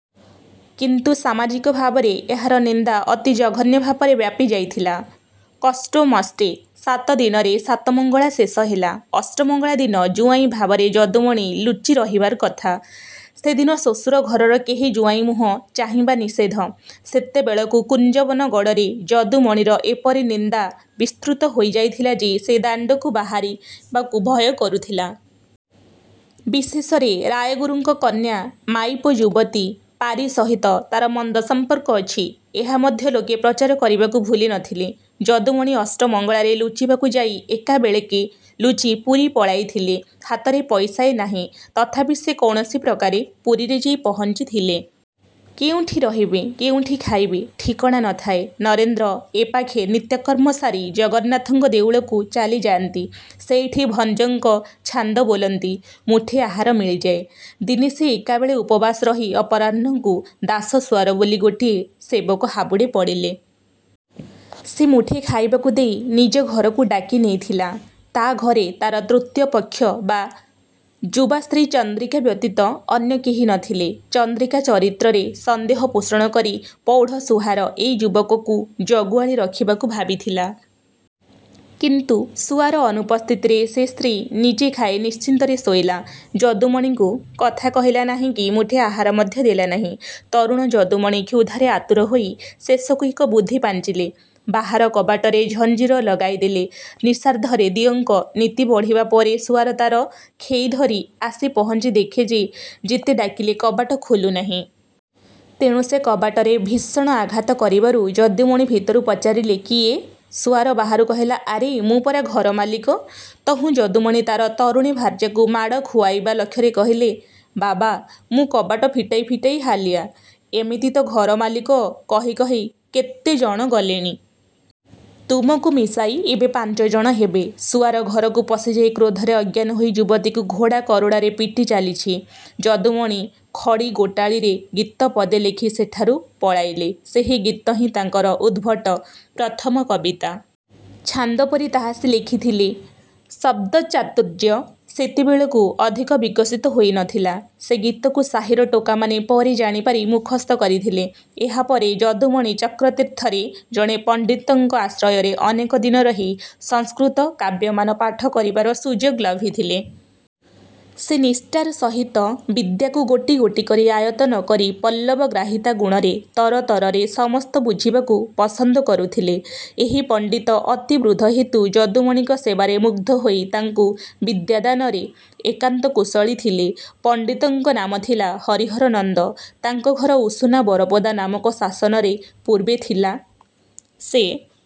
କିନ୍ତୁ ସମାଜିକ ଭାବରେ ଏହାର ନିନ୍ଦା ଅତି ଜଘନ୍ୟ ଭାବରେ ବ୍ୟାପି ଯାଇଥିଲା। କଷ୍ଟୋମଷ୍ଟେ ସାତଦିନରେ ସାତମଙ୍ଗଳା ଶେଷ ହେଲା। ଅଷ୍ଟମଙ୍ଗଳା ଦିନ ଜୁଆଇଁ ଭାବରେ ଯଦୁମଣି ଲୁଚି ରହିବାର କଥା। ସେଦିନ ଶ୍ୱଶୁର ଘରର କେହି ଜୁଆଇଁ ମୁହ ଚାହିଁବା ନିଷେଧ। ସେତେବେଳକୁ କୁଞ୍ଜବନ ଗଡ଼ରେ ଯଦୁମଣିର ଏପରି ନିନ୍ଦା ବିସ୍ତୃତ ହୋଇ ଯାଇଥିଲା ଯେ ସେ ଦାଣ୍ଡକୁ ବାହାରିବାକୁ ଭୟ କରୁଥିଲା। ବିଶେଷରେ ରାୟଗୁରୁଙ୍କ କନ୍ୟା-ମାଇପ ଯୁବତୀ ପାରି ସହିତ ତା'ର ମନ୍ଦ ସଂପର୍କ ଅଛି, ଏହା ମଧ୍ୟ ଲୋକେ ପ୍ରଚାର କରିବାକୁ ଭୁଲି ନ ଥିଲେ। ଯଦୁମଣି ଅଷ୍ଟମଙ୍ଗଳାରେ ଲୁଚିବାକୁ ଯାଇ ଏକାବେଳେକେ ଲୁଚି ପୁରୀ ପଳାଇଥିଲେ। ହାତରେ ପଇସାଏ ନାହିଁ। ତଥାପି ସେ କୌଣସି ପ୍ରକାରେ ପୁରୀରେ ଯାଇ ପହଞ୍ଚିଥିଲେ-। କେଉଁଠି ରହିବେ, କେଉଁଠି ଖାଇବେ, ଠିକଣା ନ ଥାଏ। ନରେନ୍ଦ୍ର ଏ ପାଖେ ନିତ୍ୟକର୍ମ ସାରି ଜଗନ୍ନାଥଙ୍କ ଦେଉଳକୁ ଚାଲିଯାଆନ୍ତି। ସେଇଠି ଭଞ୍ଜଙ୍କ ଛାନ୍ଦ ବୋଲନ୍ତି। ମୁଠେ ଆହାର ମିଳିଯାଏ-। ଦିନେ ସେ ଏକାବେଳେ ଉପବାସ ରହି ଅପରାହ୍ନକୁ ଦାସ ସୁଆର ବୋଲି ଗୋଟିଏ ସେବକ ହାବୁଡ଼େ ପଡ଼ିଲେ। ସେ ମୁଠେ ଖାଇବାକୁ ଦେଇ ନିଜ ଘରକୁ ଡାକି ନେଇଥିଲା-। ତା ଘରେ ତାର ତୃତୀୟ ପକ୍ଷ ଯୁବା ସ୍ତ୍ରୀ ଚନ୍ଦ୍ରିକା ବ୍ୟତୀତ ଅନ୍ୟ କେହି ନ ଥିଲେ। ଚନ୍ଦ୍ରିକା ଚରିତ୍ରରେ ସନ୍ଦେହ ପୋଷଣ କରି ପୌଢ଼ ସୁଆର ଏହି ଯୁବକକୁ ଜଗୁଆଳୀ ରଖିବାକୁ ଭାବିଥିଲା। କିନ୍ତୁ ସୁଆର ଅନୁପସ୍ଥିତିରେ ସେ ସ୍ତ୍ରୀ ନିଜେ ଖାଇ ନିଶ୍ଚିନ୍ତରେ ଶୋଇଲା। ଯଦୁମଣିଙ୍କୁ କଥା କହିଲା ନାହିଁକି ମୁଠେ ଆହାର ମଧ୍ୟ ଦେଲା ନାହିଁ। ତରୁଣ ଯଦୁମଣି କ୍ଷୁଧାରେ ଆତୁର ହୋଇ ଶେଷକୁ ଏକ ବୁଦ୍ଧି ପାଞ୍ଚିଲେ। ବାହାର କବାଟରେ ଝଞ୍ଜିର ଲଗାଇଦେଲେ। ନିଶାର୍ଦ୍ଧରେ ଦିଅଙ୍କ ନୀତି ବଢ଼ିବା ପରେ ସୁଆର ତାର ଖେଇଧରି ଆସି ପହଞ୍ଚି ଦେଖେ ଯେ ଯେତେ ଡାକିଲେ କବାଟ ଖୋଲୁ ନାହିଁ। ତେଣୁ ସେ କବାଟରେ ଭୀଷଣ ଆଘାତ କରିବାରୁ ଯଦୁମଣି ଭିତରୁ ପଚାରିଲେ-'କିଏ? ' ସୁଆର ବାହାରୁ କହିଲା-ଆରେ, ମୁଁ ପରା ଘର ମାଲିକ। ତହୁଁ ଯଦୁମଣି ତାର ତରୁଣୀ ଭାର୍ଯ୍ୟାକୁ ମାଡ଼ ଖୁଆଇବା ଲକ୍ଷ୍ୟରେ କହିଲେ-'ବାବା! ମୁଁ କବାଟ ଫିଟାଇ ଫିଟାଇ ହାଲିଆ। ଏମିତି ତ ଘର ମାଲିକ କହି କହି କେତେ ଜଣ ଗଲେଣି-। ତୁମକୁ ମିଶାଇ ଏବେ ପାଞ୍ଚ ଜଣ ହେବେ-। ' ସୁଆର ଘରକୁ ପଶିଯାଇ କ୍ରୋଧରେ ଅଜ୍ଞାନ ହୋଇ ଯୁବତୀକୁ ଘୋଡ଼ା କୋରଡ଼ାରେ ପିଟି ଚାଲିଛି। ଯଦୁମଣି ଖଡ଼ି ଗୋଟାଳିରେ ଗୀତ ପଦେ ଲେଖି ସେଠାରୁ ପଳାଇଲେ। ସେହି ଗୀତ ହିଁ ତାଙ୍କର ଉଦ୍ଭଟ ପ୍ରଥମ କବିତା। ଛାନ୍ଦପରି ତାହା ସେ ଲେଖିଥିଲେ। ଶବ୍ଦଚାତୁର୍ଯ୍ୟ ସେତେବେଳକୁ ଅଧିକ ବିକଶିତ ହୋଇ ନ ଥିଲା। ସେ ଗୀତକୁ ସାହିର ଟୋକାମାନେ ପରେ ଜାଣିପାରି ମୁଖସ୍ଥ କରିଥିଲେ। ଏହାପରେ ଯଦୁମଣି ଚକ୍ରତୀର୍ଥରେ ଜଣେ ପଣ୍ଡିତଙ୍କ ଆଶ୍ରୟରେ ଅନେକ ଦିନ ରହି ସଂସ୍କୃତ କାବ୍ୟମାନ ପାଠ କରିବାର ସୁଯୋଗ ଲଭିଥିଲେ। ସେ ନିଷ୍ଠାର ସହିତ ବିଦ୍ୟାକୁ ଗୋଟି ଗୋଟି କରି ଆୟତ୍ତ ନ କରି ପଲ୍ଲବଗ୍ରାହିତା ଗୁଣରେ ତରତରରେ ସମସ୍ତ ବୁଝିବାକୁ ପସନ୍ଦ କରୁଥିଲେ। ଏହି ପଣ୍ଡିତ ଅତି ବୃଦ୍ଧ ହେତୁ ଯଦୁମଣିଙ୍କ ସେବାରେ ମୁଗ୍ଧ ହୋଇ ତାଙ୍କୁ ବିଦ୍ୟାଦାନରେ ଏକାନ୍ତ କୁଶଳୀ ଥିଲେ। ପଣ୍ତିତଙ୍କ ନାମ ଥିଲା ହରିହର ନନ୍ଦ। ତାଙ୍କ ଘର ଉଷୁନା ବରପଦା ନାମକ ଶାସନରେ ପୁର୍ବେ ଥିଲା। ସେ